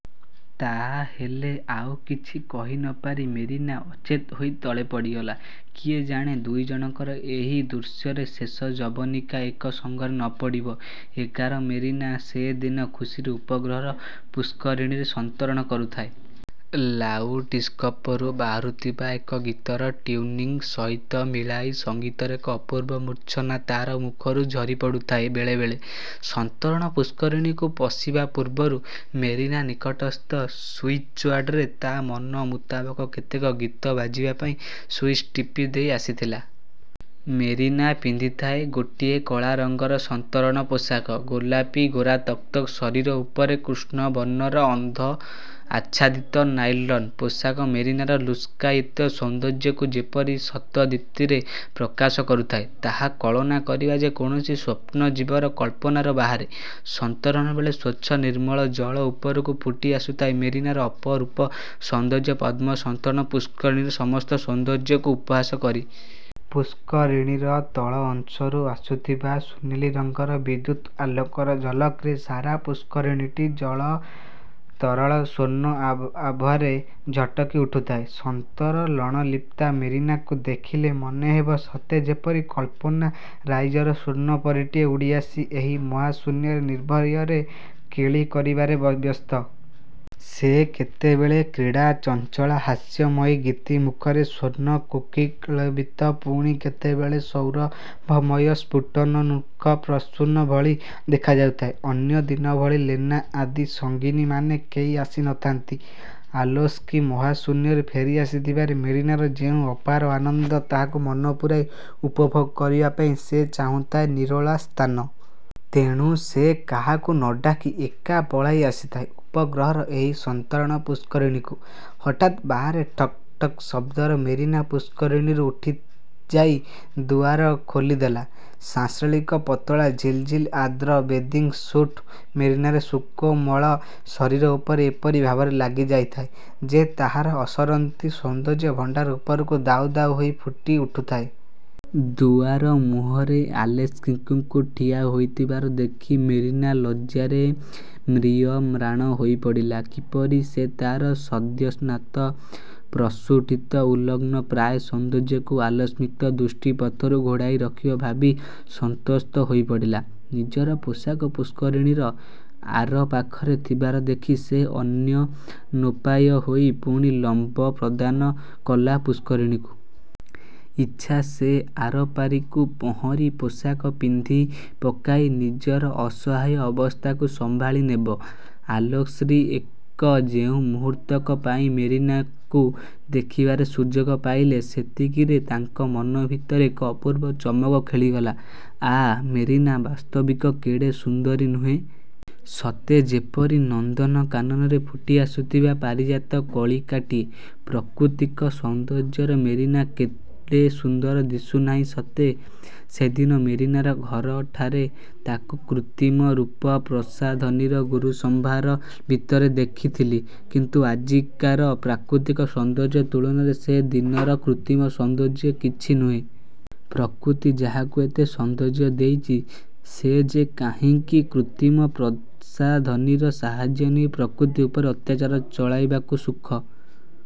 ତା ହେଲେ–? '' ଆଉ କିଛି କହି ନ ପାରି ମେରିନା ଅଚେତ ହୋଇ ତଳେ ପଡ଼ିଗଲା। କିଏ ଜାଣେ, ଦୁଇଜଣଙ୍କର ଏହି ଦୃଶ୍ୟରେ ଶେଷ ଯବନିକା ଏକ ସଙ୍ଗରେ ନ ପଡ଼ିବ? ଏଗାର ମେରିନା ସେ ଦିନ ଖୁସିରେ ଉପଗ୍ରହର ପୁଷ୍କରିଣୀରେ ସନ୍ତରଣ କରୁଥାଏ। ଲାଉଡ଼୍ସ୍ପିକରରୁ ବାହାରୁଥିବା ଏକ ଗୀତର ଟିଉନିଂ ସହିତ ମିଳାଇ ସଙ୍ଗୀତର ଏକ ଅପୂର୍ବ ମୂର୍ଚ୍ଛନା ତା'ର ମୁଖରୁ ଝରିପଡ଼ୁଥାଏ ବେଳେବେଳେ। ସନ୍ତରଣ ପୁଷ୍କରିଣୀକୁ ପଶିବା ପୂର୍ବରୁ ମେରିନା ନିକଟସ୍ଥ ସୁଇଚ୍ବୋର୍ଡ଼ରେ ତା' ମନ ମୁତାବକ କେତେକ ଗୀତ ବାଜିବା ପାଇଁ ସୁଇଚ୍ ଟିପି ଦେଇ ଆସିଥିଲା। ମେରିନା ପିନ୍ଧିଥାଏ ଗୋଟିଏ କଳା ରଙ୍ଗର ସନ୍ତରଣ ପୋଷାକ। ଗୋଲାପି ଗୋରାତକ୍ତକ୍ ଶରୀର ଉପରେ କୃଷ୍ଣବର୍ଣ୍ଣର ଅର୍ଦ୍ଧଆଚ୍ଛାଦିତ ନାଇଲନ୍ର ପୋଷାକ ମେରିନାର ଲୁକ୍କାୟିତ ସୌନ୍ଦର୍ଯ୍ୟକୁ ଯେପରି ଶତଦୀପ୍ତିରେ ପ୍ରକାଶ କରୁଥାଏ, ତାହା କଳନା କରିବା ଯେ କୌଣସି ସ୍ୱପ୍ନଜୀବୀର କଳ୍ପନାର ବାହାରେ। ସନ୍ତରଣବେଳେ ସ୍ୱଚ୍ଛ ନିର୍ମ୍ମଳ ଜଳ ଉପରକୁ ଫୁଟି ଆସୁଥାଏ ମେରିନାର ଅପରୂପ ସୌନ୍ଦର୍ଯ୍ୟପଦ୍ମ ସନ୍ତରଣ ପୁଷ୍ପରିଣୀର ସମସ୍ତ ସୌନ୍ଦର୍ଯ୍ୟକୁ ଉପହାସ କରି। ପୁଷ୍କରିଣୀର ତଳଅଂଶରୁ ଆସୁଥିବା ସୁନେଲି ରଙ୍ଗର ବିଦ୍ୟୁତ୍ ଆଲୋକର ଝଲକରେ ସାରା ପୁଷ୍କରିଣୀଟିର ଜଳ ତରଳ ସ୍ୱର୍ଣ୍ଣ ଆଭାରେ ଝଟକି ଉଠୁଥାଏ। ସନ୍ତରଣଲିପ୍ତା ମେରିନାକୁ ଦେଖିଲେ ମନେ ହେବ, ସତେ ଯେପରି କଳ୍ପନା–ରାଇଜର ସ୍ୱର୍ଣ୍ଣ ପରୀଟିଏ ଉଡ଼ିଆସି ଏହି ମହାଶୂନ୍ୟରେ ନିର୍ଭୟରେ କେଳି କରିବାରେ ବ୍ୟସ୍ତ। ସେ କେତେବେଳେ କ୍ରୀଡ଼ାଚଞ୍ଚଳା ହାସ୍ୟମୟୀ ଗୀତିମୁଖରେ ସ୍ୱର୍ଣ୍ଣ କୋକିଳବିତ୍, ପୁଣି କେତେବେଳେ ସୌରଭମୟ ସ୍ଫୁଟନୋନ୍ନୁଖ ପ୍ରସୂନ ଭଳି ଦେଖାଯାଉଥାଏ। ଅନ୍ୟ ଦିନ ଭଳି ଲେନା ଆଦି ସଙ୍ଗିନୀମାନେ କେହି ଆସି ନଥାନ୍ତି। ଆଲେସ୍କି ମହାଶୂନ୍ୟରୁ ଫେରିଆସିଥିବାରେ ମେରିନାର ଯେଉଁ ଅପାର ଆନନ୍ଦ, ତାହାକୁ ମନ ପୂରାଇ ଉପଭୋଗ କରିବା ପାଇଁ ସେ ଚାହୁଁଥାଏ ନିରୋଳାସ୍ଥାନ। ତେଣୁ ସେ କାହାକୁ ନ ଡାକି ଏକା ପଳାଇ ଆସିଥାଏ ଉପଗ୍ରହର ଏହି ସନ୍ତରଣ ପୁଷ୍କରିଣୀକୁ। ହଠାତ ବାହାରେ ଠକ୍ଠକ୍ ଶବ୍ଦରେ ମେରିନା ପୁଷ୍କରିଣୀରୁ ଉଠିଯାଇ ଦୁଆର ଖୋଲିଦେଲା। ସାଂଶ୍ଳେଷିକ ପତଳା ଝିଲ୍ ଝିଲ୍ ଆର୍ଦ୍ର ବେଦିଙ୍ଗ ସୁଟ୍ ମେରିନାର ସୁକୋମଳ ଶରୀର ଉପରେ ଏପରି ଭାବରେ ଲାଗିଯାଇଥାଏ ଯେ, ତାହାର ଅସରନ୍ତି ସୌନ୍ଦର୍ଯ୍ୟଭଣ୍ଡାର ଉପରକୁ ଦାଉ ଦାଉ ହୋଇ ଫୁଟିଉଠୁଥାଏ। ଦୁଆର ମୁହଁରେ ଆଲେସ୍କିଙ୍କୁ ଠିଆ ହୋଇଥିବାର ଦେଖି ମେରିନା ଲଜ୍ଜାରେ ମ୍ରିୟମ୍ରାଣ ହୋଇପଡ଼ିଲା। କିପରି ସେ ତାର ସଦ୍ୟସ୍ନାତ ପ୍ରସ୍ଫୁଟିତ ଉଲଗ୍ନପ୍ରାୟ ସୌନ୍ଦର୍ଯ୍ୟକୁ ଆଲେସ୍କିଙ୍କ ଦୃଷ୍ଟିପଥରୁ ଘୋଡ଼ାଇ ରଖିବ, ଭାବି ସନ୍ତ୍ରସ୍ତ ହୋଇପଡ଼ିଲା। ନିଜର ପୋଷାକ ପୁଷ୍କରିଣୀର ଆରପାଖରେ ଥିବାର ଦେଖି ସେ ଅନନ୍ୟୋପାୟ ହୋଇ ପୁଣି ଲମ୍ପ ପ୍ରଦାନ କଲା ପୁଷ୍କରିଣୀକୁ। ଇଚ୍ଛା, ସେ ଆରପାରିକୁ ପହରିଁ ପୋଷାକ ପିନ୍ଧିପକାଇ ନିଜର ଅସହାୟ ଅବସ୍ଥାକୁ ସମ୍ଭାଳି ନେବ। ଆଲେସ୍କି ଏଇ ଯେଉଁ ମୁହୂର୍ତ୍ତକ ପାଇଁ ମେରିନାକୁ ଦେଖିବାର ସୁଯୋଗ ପାଇଲେ, ସେତିକିରେ ତାଙ୍କ ମନଭିତରେ ଏକ ଅପୂର୍ବ ଚମକ ଖେଳିଗଲା। ଆଃ, ମେରିନା ବାସ୍ତବିକ କେଡ଼େ ସୁନ୍ଦରୀ ନୁହେଁ? ସତେ ଯେପରି ନନ୍ଦନକାନନରେ ଫୁଟିଆସୁଥିବା ପାରିଜାତ କଳିକାଟିଏ। ପ୍ରକୃତିକ ସୌନ୍ଦର୍ଯ୍ୟର ମେରିନା କେଡ଼େ ସୁନ୍ଦର ଦିଶୁନାହିଁ ସତେ? ସେଦିନ ମେରିନାର ଘରଠାରେ ତାକୁ କୃତ୍ରିମ ରୂପ–ପ୍ରସାଧନୀର ଗୁରୁସମ୍ଭାର ଭିତରେ ଦେଖିଥିଲି; କିନ୍ତୁ ଆଜିକାର ପ୍ରାକୃତିକ ସୌନ୍ଦର୍ଯ୍ୟ ତୁଳନାରେ ସେ ଦିନର କୃତ୍ରିମ ସୌନ୍ଦର୍ଯ୍ୟ ଯେ କିଛି ନୁହେଁ। ପ୍ରକୃତି ଯାହାକୁ ଏତେ ସୌନ୍ଦର୍ଯ୍ୟ ଦେଇଛି, ସେ ଯେ କାହିଁଙ୍କି କୃତ୍ରିମ ପ୍ରସାଧନୀର ସାହାଯ୍ୟ ନେଇ ପ୍ରକୃତି ଉପରେ ଅତ୍ୟାଚାର ଚଳାଇବାକୁ ସୁଖ